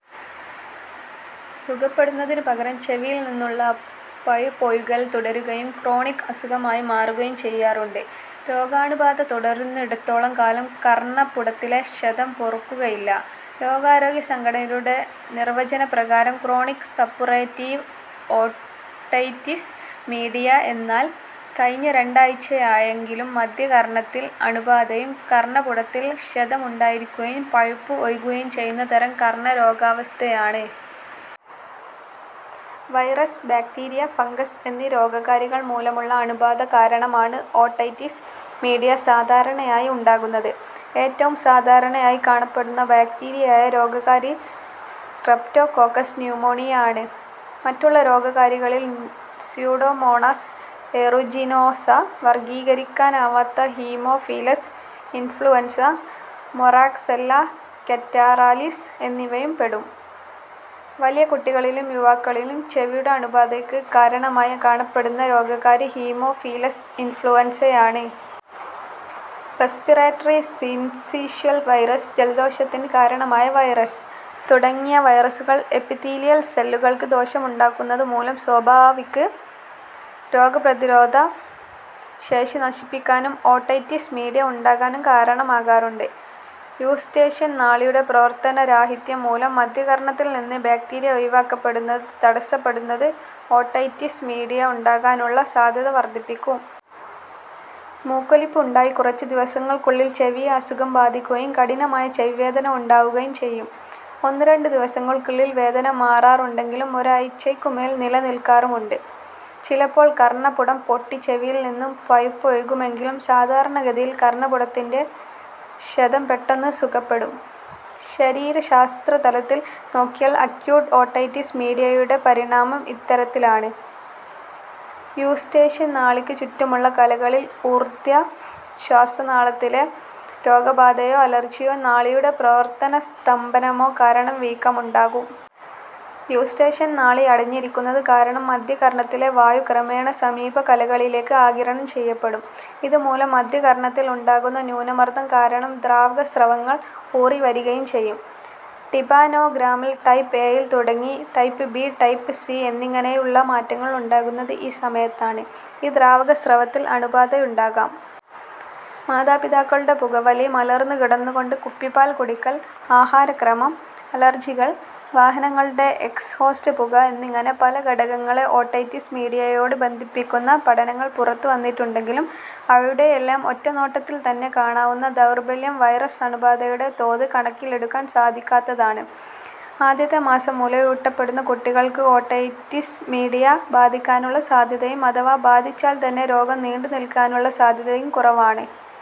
സുഖപ്പെടുന്നതിനു പകരം ചെവിയിൽ നിന്നുള്ള പഴുപ്പൊഴുകൽ തുടരുകയും ക്രോണിക് അസുഖമായി മാറുകയും ചെയ്യാറുണ്ട്. രോഗാണുബാധ തുടരുന്നിടത്തോളം കാലം കർണ്ണപുടത്തിലെ ക്ഷതം പൊറുക്കുകയില്ല. ലോകാരോഗ്യ സംഘടനയുടെ നിർവചനപ്രകാരം ക്രോണിക് സപ്പുറേറ്റീവ് ഓട്ടൈറ്റിസ് മീഡിയ എന്നാൽ "കഴിഞ്ഞ രണ്ടാഴ്ച്ചയായെങ്കിലും മദ്ധ്യകർണ്ണത്തിൽ അണുബാധയും, കർണ്ണപുടത്തിൽ ക്ഷതമുണ്ടായിരിക്കുകയും, പഴുപ്പ് ഒഴുകുകയും ചെയ്യുന്ന തരം കർണ്ണരോഗാവസ്ഥയാണ്". വൈറസ്, ബാക്ടീരിയ, ഫങ്കസ് എന്നീ രോഗകാരികൾ മൂലമുള്ള അണുബാധ കാരണമാണ് ഓട്ടൈറ്റിസ് മീഡിയ സാധാരണയായി ഉണ്ടാകുന്നത്. ഏറ്റവും സാധാരണയായി കാണപ്പെടുന്ന ബാക്ടീരിയയായ രോഗകാരി സ്ട്രെപ്റ്റോകോക്കസ് ന്യൂമോണിയെ ആണ്. മറ്റുള്ള രോഗകാരികളിൽ സ്യൂഡോമോണാസ് ഏറൂജിനോസ, വർഗ്ഗീകരിക്കാനാവാത്ത ഹീമോഫിലസ് ഇൻഫ്ലുവൻസ, മൊറാക്സെല്ല കറ്റാറാലിസ് എന്നിവയും പെടും. വലിയ കുട്ടികളിലും യുവാക്കളിലും ചെവിയുടെ അണുബാധയ്ക്ക് കാരണമായി കാണപ്പെടുന്ന രോഗകാരി ഹീമോഫിലസ് ഇൻഫ്ലുവൻസയാണ്. റെസ്പിറേറ്ററി സിൻസീഷ്യൽ വൈറസ് ജലദോഷത്തിന് കാരണമായ വൈറസ് തുടങ്ങിയ വൈറസുകൾ എപ്പിത്തീലിയൽ സെല്ലുകൾക്ക് ദോഷമുണ്ടാക്കുന്നതു മൂലം സ്വാഭാവിക് രോഗപ്രതിരോധ ശേഷി നശിപ്പിക്കാനും ഓട്ടൈറ്റിസ് മീഡിയ ഉണ്ടാകാനും കാരണമാകാറുണ്ട്. യൂസ്റ്റേഷ്യൻ നാളിയുടെ പ്രവർത്തനരാഹിത്യം, മൂലം മദ്ധ്യകർണ്ണത്തിൽ നിന്ന് ബാക്ടീരിയ ഒഴിവാക്കപ്പെടുന്നത് തടസ്സപ്പെടുന്നത് ഓട്ടൈറ്റിസ് മീഡിയ ഉണ്ടാകാനുള്ള സാധ്യത വർദ്ധിപ്പിക്കും. മൂക്കൊലിപ്പ് ഉണ്ടായി കുറച്ചുദിവസങ്ങൾക്കുള്ളിൽ ചെവിയെ അസുഖം ബാധിക്കുകയും കഠിനമായ ചെവി വേദന ഉണ്ടാവുകയും ചെയ്യും. ഒന്നുരണ്ട് ദിവസങ്ങൾക്കുള്ളിൽ വേദന മാറാറുണ്ടെങ്കിലും ഒരാഴ്ച്ചയ്ക്കുമേൽ നിലനില്ക്കാറുമുണ്ട്. ചിലപ്പോൾ കർണ്ണപുടം പൊട്ടി ചെവിയിൽ നിന്നും പഴുപ്പൊഴുകുമെങ്കിലും സാധാരണ ഗതിയിൽ കർണ്ണപുടത്തിലെ ക്ഷതം പെട്ടെന്ന് സുഖപ്പെടും. ശരീരശാസ്ത്രതലത്തിൽ നോക്കിയാൽ അക്യൂട്ട് ഓട്ടൈറ്റിസ് മീഡിയയുടെ പരിണാമം ഇത്തരത്തിലാണ്: യൂസ്റ്റേഷ്യൻ നാളിക്ക് ചുറ്റുമുള്ള കലകളിൽ ഊർദ്ധ്വ ശ്വാസനാളത്തിലെ രോഗബാധയോ അലർജ്ജിയോ, നാളിയുടെ പ്രവർത്തനസ്തംഭനമോ കാരണം വീക്കമുണ്ടാകും. യൂസ്റ്റേഷ്യൻ നാളി അടഞ്ഞിരിക്കുന്നത് കാരണം മദ്ധ്യകർണ്ണത്തിലെ വായു ക്രമേണ സമീപകലകളിലേക്ക് ആഗിരണം ചെയ്യപ്പെടും. ഇതുമൂലം മദ്ധ്യകർണ്ണത്തിൽ ഉണ്ടാകുന്ന ന്യൂനമർദ്ദം കാരണം ദ്രാവക സ്രവങ്ങൾ ഊറിവരികയും ചെയ്യും. ടിമ്പാനോഗ്രാമിൽ ടൈപ്പ് എ-യിൽ തുടങ്ങി ടൈപ്പ്-ബി, ടൈപ്പ്-സി എന്നിങ്ങനെയുള്ള മാറ്റങ്ങൾ ഉണ്ടാകുന്നത് ഈ സമയത്താണ്. ഈ ദ്രാവക സ്രവത്തിൽ അണുബാധയുണ്ടാകാം. മാതാപിതാക്കളുടെ പുകവലി, മലർന്നുകിടന്നുകൊണ്ട് കുപ്പിപ്പാൽ കുടിക്കൽ, ആഹാരക്രമം, അലർജികൾ, വാഹനങ്ങളുടെ എക്സ്ഹോസ്റ്റ് പുക എന്നിങ്ങനെ പല ഘടകങ്ങളെ ഓട്ടൈറ്റിസ് മീഡിയയോട് ബന്ധിപ്പിക്കുന്ന പഠനങ്ങൾ പുറത്തുവന്നിട്ടുണ്ടെങ്കിലും അവയുടെയെല്ലാം ഒറ്റനോട്ടത്തിൽത്തന്നെ കാണാവുന്ന ദൗർബല്യം വൈറസ് അണുബാധയുടെ തോത് കണക്കിലെടുക്കാൻ സാധിക്കാത്തതാണ്. ആദ്യത്തെ മാസം മുലയൂട്ടപ്പെടുന്ന കുട്ടികൾക്ക് ഓട്ടൈറ്റിസ് മീഡിയ ബാധിക്കാനുള്ള സാധ്യതയും അഥവാ ബാധിച്ചാൽത്തന്നെ രോഗം നീണ്ടുനിൽക്കാനുള്ള സാധ്യതയും കുറവാണ്.